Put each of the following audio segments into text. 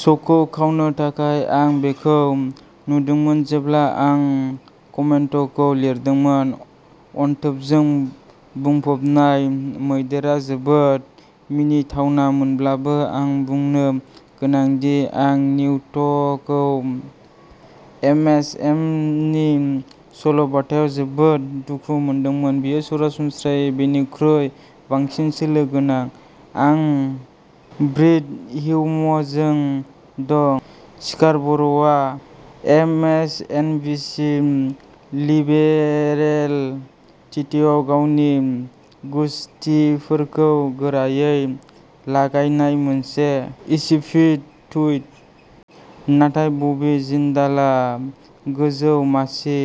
श'खौ खावनो थाखाय। आं बेखौ नुदोंमोन जेब्ला आं कमेन्टखौ लिरदोंमोन अनथोबजों बुंफबनाय मैदेरआ जोबोद मिनिथावमोनब्लाबो आं बुंनो गोनां दि आं निउटखौ एमएसएमनि सल'बाथायाव जोबोद दुखु मोनदोंमोन। बियो सरासनस्रायै बेनिख्रुइ बांसिन सोलो गोनां। आं ब्रिट हिउमजों दं स्कारबर'आ एमएसएनबीसी लिबेरेल टिटआव गावनि गुसथिफोरखौ गोरायै लागायनाय मोनसे इसिपिड टुइट। नाथाय बबी जिंदालआ गोजौ मासि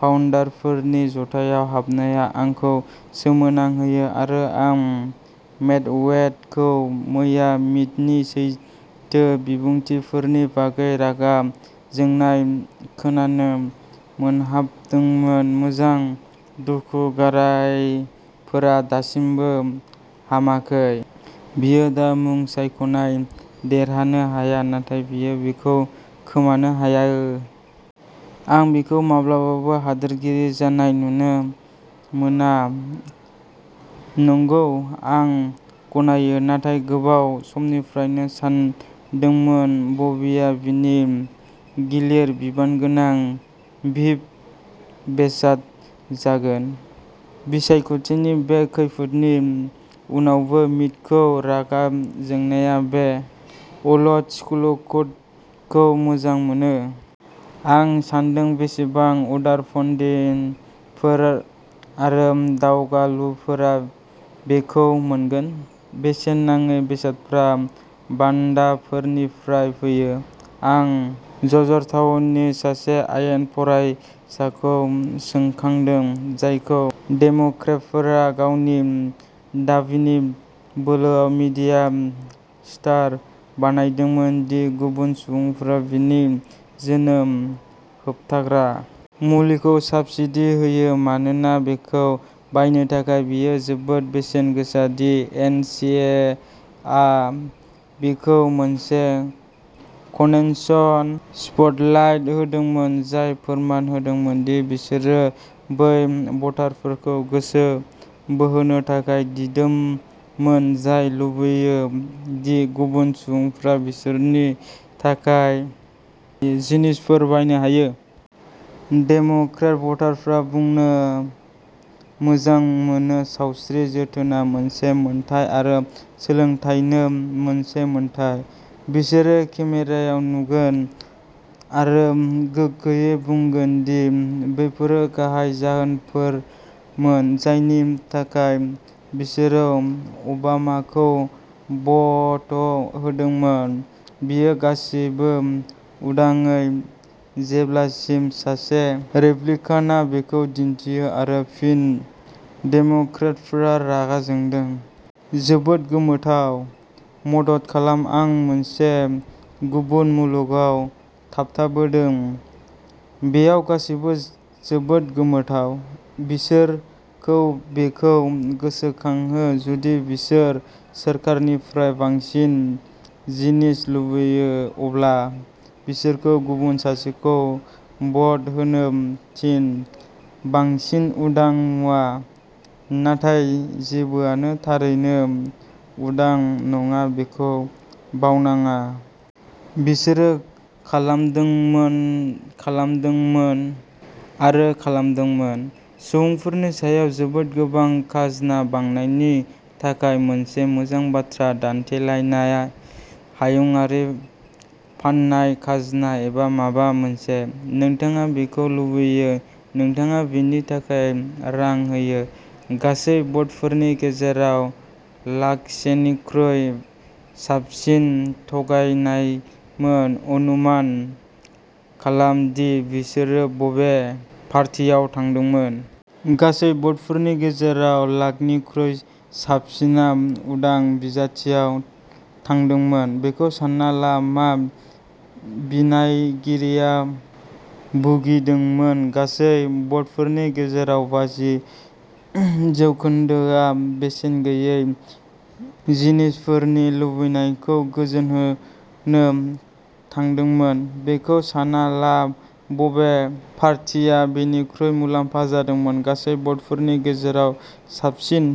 पाउन्डारफोरनि ज'थायाव हाबनाया आंखौ सोमोनांहोयो। आरो आं मेदवेदखौ मैया मिटनि सैथो बिबुंथिफोरनि बागै रागा जोंनाय खोनानो गोमोहाबदोंमोन। मोजां दुखु गारायफोरा दासिमबो हामाखै। बियो दा मुं सायख'नाय देरहानो हाया नाथाय बियो बेखौ खोमानो हागौ। आं बिखौ माब्लाबाबो हादोरगिरि जानाय नुनो मोना नंगौ आं गनायो नाथाय गोबाव समनिफ्रायनो सानदोंमोन बबीआ बिनि गिलिर बिबानगोनां भिप बेसाद जागोन। बिसायख'थिनि बे खैफोदनि उनावनो मिटखौ रागा जोंनाया बे अल्ड स्कुल'कुटखौ मोजां मोनो। आं सानदों बेसेबां उदारपन्थिफोर आरो दावगालुफोरा बेखौ मोनगोन? बेसेन नाङै बेसादफोरा बान्दाफोरनिफ्राय फैयो। आं जर्जटाउननि सासे आयेन फरायसाखौ गोसोखांदों, जायखौ डेम'क्रेटफोरा गावनि दाबिनि बोलोआव मिडिया स्टार बानायदोंमोन दि गुबुन सुबुंफोरा बिनि जोनोम होबथाग्रा मुलिखौ साब्सिडी होयो मानोना बेखौ बायनो थाखाय बियो जोबोद बेसेन गोसा दि एन सि आ बिखौ मोनसे कन्वेन्शन स्पटलाइट होदोंमोन जाय फोरमान होदोंमोन दि बिसोरो बै भटारफोरखौ गोसो बोहोनो थाखाय दिदोममोन जाय लुबैयो दि गुबुन सुबुंफोरा बिसोरनि थाखाय जिनिसफोर बायनो हायो। डेम'क्रेट भटारफोरा बुंनो मोजां मोनो सावस्रि जोथोनआ मोनसे मोन्थाइ आरो सोलोंथायानो मोनसे मोन्थाइ। बिसोरो केमेरायाव नुगोन आरो गोग्गायै बुंगोन दि बेफोरो गाहाय जाहोनफोरमोन जायनि थाखाय बिसोरो अबामाखौ भ'ट होदोंमोन। बेयो गासिबो उदाङै जेब्लासिम सासे रिपाब्लिकानआ बेखौ दिन्थियो आरो फिन डेम'क्रेटफोरा रागा जोंदों। जोबोद गोमोथाव। मदद खालाम आं मोनसे गुबुन मुलुगआव थाबथाबोदों। बेयाव गासैबो जोबोद गोमोथाव। बिसोरखौ बेखौ गोसोखांहो जुदि बिसोर सोरखारनिफ्राय बांसिन जिनिस लुगैयो अब्ला बिसोरखौ गुबुन सासेखौ भ'ट होनो थिन बांसिन उदां मुवा। नाथाय जेबोआनो थारैनो उदां नङा बेखौ बावनाङा। बिसोरो खालामदोंमोन खालामदोंमोन आरो खालामदोंमोन। सुबुंफोरनि सायाव जोबोद गोबां खाजोना बांनायनि थाखाय मोनसे मोजां बाथ्रा दान्थेलायनाया हायुंआरि फान्नाय खाजोना एबा माबा मोनसे। नोंथाङा बेखौ लुगैयो नोंथाङा बेनि थाखाय रां होयो। गासै भटफोरनि गेजेराव लाखसेनिख्रुइ साबसिनआ थगायनायमोन अनुमान खालाम दि बिसोरो बबे पार्टियाव थांदोंमोन। गासै भटफोरनि गेजेराव लाखनिख्रुइ साबसिनआ उदां बिजाथिनाव थांदोंमोन। बेखौ सान्ना ला मा बिनायगिरिया भुगिदोंमोन गासै भटफोरनि गेजेराव बाजि जौखोन्दोसोआ बेसेन गैयै जिनिसफोरनि लुबैनायखौ गोजोनहोनो थांदोंमोन। बेखौ सान्ना ला बबे पार्टिआ बेनिफ्राय मुलाम्फा जादोंमोन गासै भटफोरनि गेजेराव साबसिन।